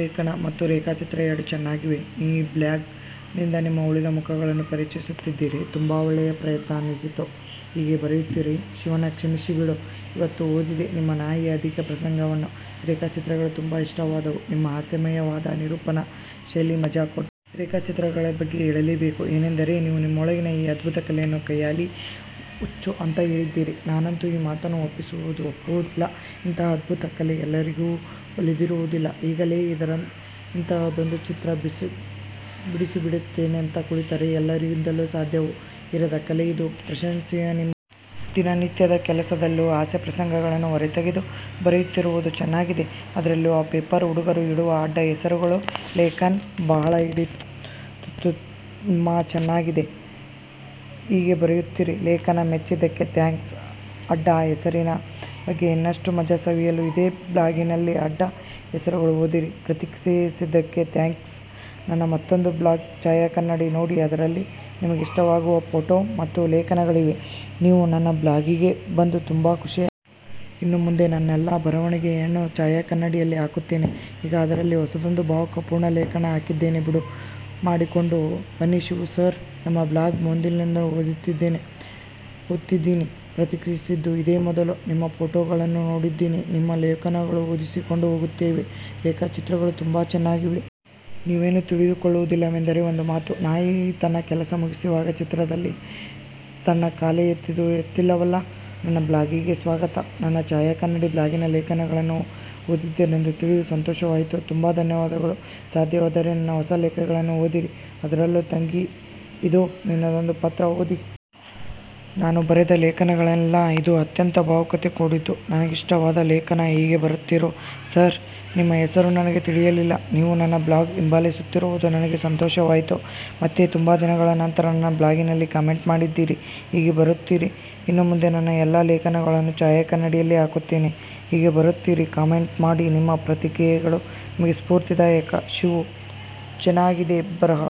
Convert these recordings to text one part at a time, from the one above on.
ಲೇಖನ ಮತ್ತು ರೇಖಾಚಿತ್ರ ಎರಡು ಚೆನ್ನಾಗಿವೆ. ನಿಮ್ಮ ಈ ಬ್ಲಾಗ್ ನಿಂದ ನಿಮ್ಮ ಉಳಿದ ಮುಖಗಳನ್ನು ಪರಿಚಯಿಸುತ್ತಿದ್ದೀರಿ. ತುಂಬಾ ಒಳ್ಳೆಯ ಪ್ರಯತ್ನ ಅನ್ನಿಸಿತು. ಹೀಗೆ ಬರೆಯುತ್ತಿರಿ. ಶಿವಣ್ಣ.. ಕ್ಷಮಿಸಿಬಿಡು.. ಇವತ್ತು ಓದಿದೆ ನಿಮ್ 'ನಾಯಿಯ ಅಧಿಕ ಪ್ರಸಂಗ'ವನ್ನು. ರೇಖಾಚಿತ್ರಗಳು ತುಂಬಾ ಇಷ್ಟವಾದುವು.. ನಿಮ್ಮ ಹಾಸ್ಯಮಯವಾದ ನಿರೂಪಣಾ ಶೈಲಿ ಮಜಾ ಕೊಡ್ತು. ರೇಖಾಚಿತ್ರಗಳ ಬಗ್ಗೆ ಹೇಳಲೇಬೇಕು. ಏನೆಂದರೆ ನೀವು ನಿಮ್ಮೊಳಗಿನ ಈ ಅಧ್ಬುತ ಕಲೆಯನ್ನು ಖಯಾಲಿ, ಹುಚ್ಚು ಅಂತ ಹೇಳಿದ್ದೀರಿ. ನಾನಂತೂ ಈ ಮಾತನ್ನು ಒಪ್ಪುವುದಿಲ್ಲ. ಇಂಥಹ ಅದ್ಭುತ ಕಲೆ ಎಲ್ಲರಿಗೂ ಒಲಿದಿರುವುದಿಲ್ಲ, ಈಗಲೇ ಇಂಥಹದೊಂದು ಚಿತ್ರ ಬಿಡಿಸಿಬಿಡುತ್ತೇನಂತ ಕುಳಿತರೆ ಎಲ್ಲರಿಂದಲೂ ಸಾಧ್ಯವೂ ಇರದ ಕಲೆಯಿದು. ಪ್ರಶಂಸನೀಯ. ನಿಮ್ಮ ದಿನನಿತ್ಯದ ಕೆಲಸದಲ್ಲೂ ಹಾಸ್ಯಪ್ರಸಂಗಗಳನ್ನು ಹೊರತೆಗೆದು ಬರೆಯುತ್ತಿರುವುದು ಚೆನ್ನಾಗಿದೆ, ಅದ್ರಲ್ಲೂ ಆ ಪೇಪರು ಹುಡುಗರು ಇಡುವ ಅಡ್ಡ ಹೆಸರುಗಳ ಲೇಖನ ಬಹಳ ಹಿಡಿಸಿತುತುಮ್ಬಾ ಚೆನ್ನಾಗಿದೆ ಹೀಗೆ ಬರೆಯುತ್ತಿರಿ ಲೇಖನ ಮೆಚ್ಚಿದ್ದಕ್ಕೆ ಥ್ಯಾಂಕ್ಸ್ ಆಡ್ಡ ಅ ಹೆಸರಿನ ಬಗ್ಗೆ ಇನ್ನಷ್ಟು ಮಜ ಸವಿಯಲು ಇದೇ ಬ್ಲಾಗಿನಲ್ಲಿ ಆಡ್ಡ ಹೆಸರುಗಳು ಓದಿರಿ ಪ್ರತಿಕ್ರಿಯಿಸಿದ್ದಕ್ಕೆ ಥ್ಯಾಂಕ್ಸ್ ನನ್ನ ಮತ್ತೊಂದು ಬ್ಲಾಗ್ ಛಾಯಾಕನ್ನಡಿ ನೋಡಿ ಅದರಲ್ಲಿ ನಿಮಗಿಷ್ಟವಾಗುವ ಫೋಟೋ ಮತ್ತು ಲೇಖನಗಳಿವೆ ನೀವು ನನ್ನ ಬ್ಲಾಗಿಗೆ ಬಂದಿದ್ದೂ ತುಂಬಾ ಖುಷಿಯಾಯ್ತು. ಇನ್ನು ಮುಂದೆ ನನ್ನೆಲ್ಲಾ ಬರವಣಿಗೆಯನ್ನು ಛಾಯಾಕನ್ನಡಿಯಲ್ಲಿ ಹಾಕುತ್ತೇನೆ. ಈಗ ಅದರಲ್ಲಿ ಹೊಸದೊಂದು ಭಾವುಕ ಪೂರ್ಣ ಲೇಖನ ಹಾಕಿದ್ದೇನೆಬಿಡುವು ಮಾಡಿಕೊಂಡು ಬನ್ನಿಶಿವು ಸರ್! ನಿಮ್ಮ ಬ್ಲಾಗ್ ಮೊದ್ಲಿಂದನೂ ಓದ್ತಿದೀನಿ. ಪ್ರತಿಕ್ರಿಯಿಸಿದ್ದು ಇದೇ ಮೊದಲು. ನಿಮ್ಮ ಫೋಟೋ ಗಳನ್ನೂ ನೋಡಿದ್ದೀನಿ ನಿಮ್ಮ ಲೇಖನಗಳು ಓದಿಸಿಕೊಂಡು ಹೋಗುತ್ತವೆ. ರೇಖಾಚಿತ್ರಗಳು ತುಂಬಾ ಚೆನ್ನಾಗಿವೆ. ನೀವೇನೂ ತಿಳಿದುಕೊಳ್ಳುವುದಿಲ್ಲವೆಂದರೆ ಒಂದು ಮಾತು. ನಾಯಿ ತನ್ನ ಕೆಲಸ ಮುಗಿಸುವಾಗ ಚಿತ್ರದಲ್ಲಿ ತನ್ನ ಕಾಲೇ ಎತ್ತಿಲ್ಲವಲ್ಲ?:- ನನ್ನ ಬ್ಲಾಗಿಗೆ ಸ್ವಾಗತ. ನನ್ನ ಛಾಯಾಕನ್ನಡಿ ಬ್ಲಾಗಿನ ಲೇಖನಗಳನ್ನು ಓದಿದ್ದೀರೆಂದು ತಿಳಿದು ಸಂತೋಷವಾಯಿತು, ತುಂಬಾ ಧನ್ಯವಾದಗಳು ಸಾದ್ಯವಾದರೆ ನನ್ನ ಹೊಸ ಲೇಖನಗಳನ್ನು ಓದಿರಿ. ಅದರಲ್ಲೂ "ತಂಗಿ ಇದೊ ನಿನಗೊಂದು ಪತ್ರ" ಓದಿ. ನಾನು ಬರೆದ ಲೇಖನಗಳಲ್ಲೇ ಇದು ಅತ್ಯಂತ ಭಾವುಕತೆ ಕೂಡಿದ್ದು ನನಗಿಷ್ಟವಾದ ಲೇಖನ ಹೀಗೆ ಬರುತ್ತಿರಿ ಸಾರ್, ನಿಮ್ಮ ಹೆಸರು ನನಗೆ ತಿಳಿಯಲಿಲ್ಲ. ನೀವು ನನ್ನ ಬ್ಲಾಗ್ ಹಿಂಬಾಲಿಸುತ್ತಿರುವುದು ನನಗೆ ಸಂತೋಷವಾಯಿತು ಮತ್ತೆ ತುಂಬಾ ದಿನಗಳ ನಂತರ ನನ್ನ ಬ್ಲಾಗಿನಲ್ಲಿ ಕಾಮೆಂಟ್ ಮಾಡಿದ್ದೀರಿ ಹೀಗೆ ಬರುತ್ತಿರಿ ಇನ್ನು ಮುಂದೆ ನನ್ನ ಎಲ್ಲಾ ಲೇಖನಗಳನ್ನು ಛಾಯಾಕನ್ನಡಿಯಲ್ಲೇ ಹಾಕುತ್ತೇನೆ ಹೀಗೆ ಬರುತ್ತಿರಿ ಕಾಮೆಂಟ್ ಮಾಡಿ ನಿಮ್ಮ ಪ್ರತಿಕ್ರಿಯೆಗಳು ನಮಗೆ ಸ್ಪೂರ್ತಿದಾಯಕ ಶಿವು, ಚೆನಾಗಿದೆ ಬರಹ.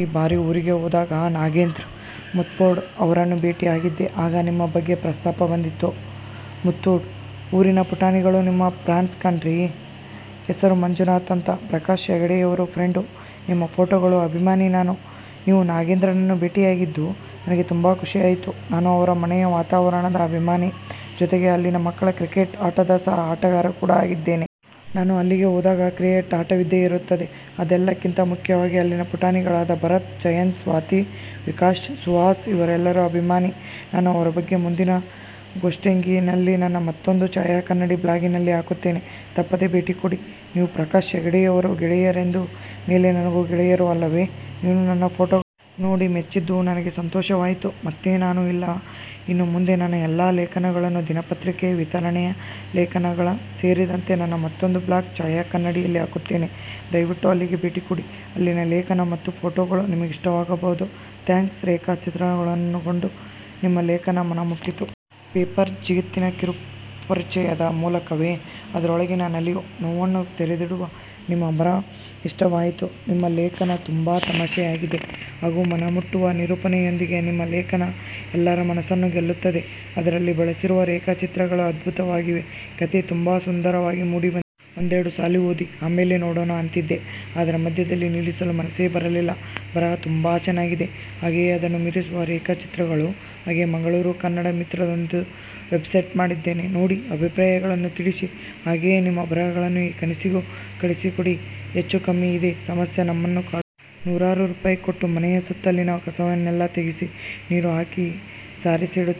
ಈ ಬಾರಿ ಊರಿಗೆ ಹೋದಾಗ ನಾಗೇಂದ್ರ ಮುತ್ಮುರ್ಡು ಅವರನ್ನು ಭೇಟಿ ಆಗಿದ್ದೆ. ಆಗ ನಿಮ್ಮ ಬಗ್ಗೆ ಪ್ರಸ್ತಾಪ ಬಂದಿತ್ತು. ಮುತ್ಮುರ್ಡು ಊರಿನ ಪುಟಾಣಿಗಳು ನಿಮ್ಮ ಫ್ಯಾನ್ಸ್ ಕಣ್ರೀ! ಹೆಸರು ಮಂಜುನಾಥ ಅಂತ.. ಪ್ರಕಾಶ ಹೆಗಡೆಯವರ ಫ್ರೆಂಡು. ನಿಮ್ಮ ಫೊಟೊಗಳ ಅಭಿಮಾನಿ ನಾನು. ನೀವು ನಾಗೇಂದ್ರನನ್ನು ಬೇಟಿಯಾಗಿದ್ದು ನನಗೆ ತುಂಬಾ ಖುಷಿಯಾಯಿತು, ನಾನು ಅವರ ಮನೆಯ ವಾತಾವರಣದ ಅಭಿಮಾನಿ ಜೊತೆಗೆ ಅಲ್ಲಿನ ಮಕ್ಕಳ ಕ್ರಿಕೆಟ್ ಆಟದ ಸಹ ಆಟಗಾರಕೂಡ ಆಗಿದ್ದೇನೆ. ನಾನು ಅಲ್ಲಿಗೆ ಹೋದಾಗ ಕ್ರಿಕೆಟ್ ಆಟವಿದ್ದೇ ಇರುತ್ತದೆ ಅದೆಲ್ಲಕ್ಕಿಂತ ಮುಖ್ಯವಾಗಿ ಅಲ್ಲಿನ ಪುಟಾಣಿಗಳಾದ ಭರತ್, ಜಯಂತ್, ಸ್ವಾತಿ, ವಿಕಾಶ್, ಸುಹಾಸ್ ಇವರೆಲ್ಲರ ಅಭಿಮಾನಿ ನಾನು ಅವರ ಬಗ್ಗೆ ಮುಂದಿನ ಫೋಷ್ಟಿಂಗಿನಲ್ಲಿ ನನ್ನ ಮತ್ತೊಂದು ಛಾಯಾ ಕನ್ನಡಿ ಬ್ಲಾಗಿನಲ್ಲಿ ಹಾಕುತ್ತೇನೆ. ತಪ್ಪದೆ ಬೇಟಿಕೊಡಿ. ನೀವು ಪ್ರಕಾಶ ಹೆಗಡೆಯವರ ಗೆಳೆಯರೆಂದ ಮೇಲೆ ನನಗೂ ಗೆಳೆಯರೆ ಅಲ್ಲವೇ ನೀವು ನನ್ನ ಫೋಟೋಗಳನ್ನು. ನೋಡಿ ಮೆಚ್ಚಿದ್ದು ನನಗೆ ಸಂತೋಷವಾಯಿತು ಮತ್ತೆ ನಾನು ಇಲ್ಲ ಇನ್ನು ಮುಂದೆ ನನ್ನ ಎಲ್ಲಾ ಲೇಖನಗಳನ್ನು ದಿನಪತ್ರಿಕೆ ವಿತರಣೆಯ ಲೇಖನಗಳು ಸೇರಿದಂತೆ ನನ್ನ ಮತ್ತೊಂದು ಬ್ಲಾಗ್ "ಛಾಯಾಕನ್ನಡಿ" ಯಲ್ಲಿ ಹಾಕುತ್ತೇನೆ. ದಯವಿಟ್ಟು ಅಲ್ಲಿಗೆ ಭೇಟಿಕೊಡಿ ಅಲ್ಲಿನ ಲೇಖನ ಮತ್ತು ಫೋಟೊಗಳು ನಿಮಗಿಷ್ಟವಾಗಬಹುದು ಥ್ಯಾಂಕ್ಸ್ ರೇಖಾ ಚಿತ್ರಗಳನ್ನೊಳಗೊಂಡ ನಿಮ್ಮ ಲೇಖನ ಮನ ಮುಟ್ಟಿತು. ಪೇಪರ್ ಜಗತ್ತಿನ ಕಿರು ಪರಿಚಯದ ಮೂಲಕವೇ ಅದರೊಳಗಿನ ನಲಿವು, ನೋವನ್ನು ತೆರೆದಿಡುವ ನಿಮ್ಮ ಬರಹ ಇಷ್ಟವಾಯಿತು. ನಿಮ್ಮ ಲೇಖನ ತುಂಬಾ ತಮಾಷೆಯಾಗಿದೆ ಹಾಗೂ ಮನಮುಟ್ಟುವ ನಿರೂಪಣೆಯೊಂದಿಗೆ ನಿಮ್ಮ ಲೇಖನ ಎಲ್ಲರ ಮನಸ್ಸನ್ನು ಗೆಲ್ಲುತ್ತದೆ. ಅದರಲ್ಲಿ ಬಳಸಿರುವ ರೇಖಾಚಿತ್ರಗಳು ಅದ್ಭುತವಾಗಿವೆ.. ಕಥೆ ತುಂಬ ಸುಂದರವಾಗಿ ಮೂಡಿ ಬಂದಿದೆ. ಒಂದೆರಡು ಸಾಲು ಓದಿ ಆಮೇಲೆ ನೋಡೊಣ ಅಂತಿದ್ದೆ, ಆದರೆ ಮಧ್ಯದಲ್ಲಿ ನಿಲ್ಲಿಸಲು ಮನಸೇ ಬರಲಿಲ್ಲ. ಬರಹ ತುಂಬಾ ಚೆನ್ನಾಗಿದೆ. ಹಾಗೆಯೇ ಅದನ್ನು ಮೀರಿಸುವ ರೇಖಾ ಚಿತ್ರಗಳು. ಹಾಗೆಯೇ ಮಂಗಳೂರು ಕನ್ನಡ ಮಿತ್ರರದ್ದೊಂದು ವೆಬ್ ಸೈಟ್ ಮಾಡಿದ್ದೇವೆ. ನೋಡಿ ಅಭಿಪ್ರಾಯಗಳನ್ನು ತಿಳಿಸಿ. ಹಾಗೆಯೇ ನಿಮ್ಮ ಬರಹಗಳನ್ನು ಈ ಕನಸಿಗೂ ಕಳುಹಿಸಿಕೊಡಿ ಹೆಚ್ಚೂ ಕಮ್ಮಿ ಇದೇ ಸಮಸ್ಯೆ ನಮ್ಮನ್ನೂ ಕಾಡುತ್ತಿದೆ. ನೂರಾರು ರೂಪಾಯಿ ಕೊಟ್ಟು ಮನೆಯ ಸುತ್ತಲಿನ ಕಸವನ್ನೆಲ್ಲಾ ತೆಗೆಸಿ, ನೀರು ಹಾಕಿ ಸಾರಿಸಿಡುತ್ತೇವೆ.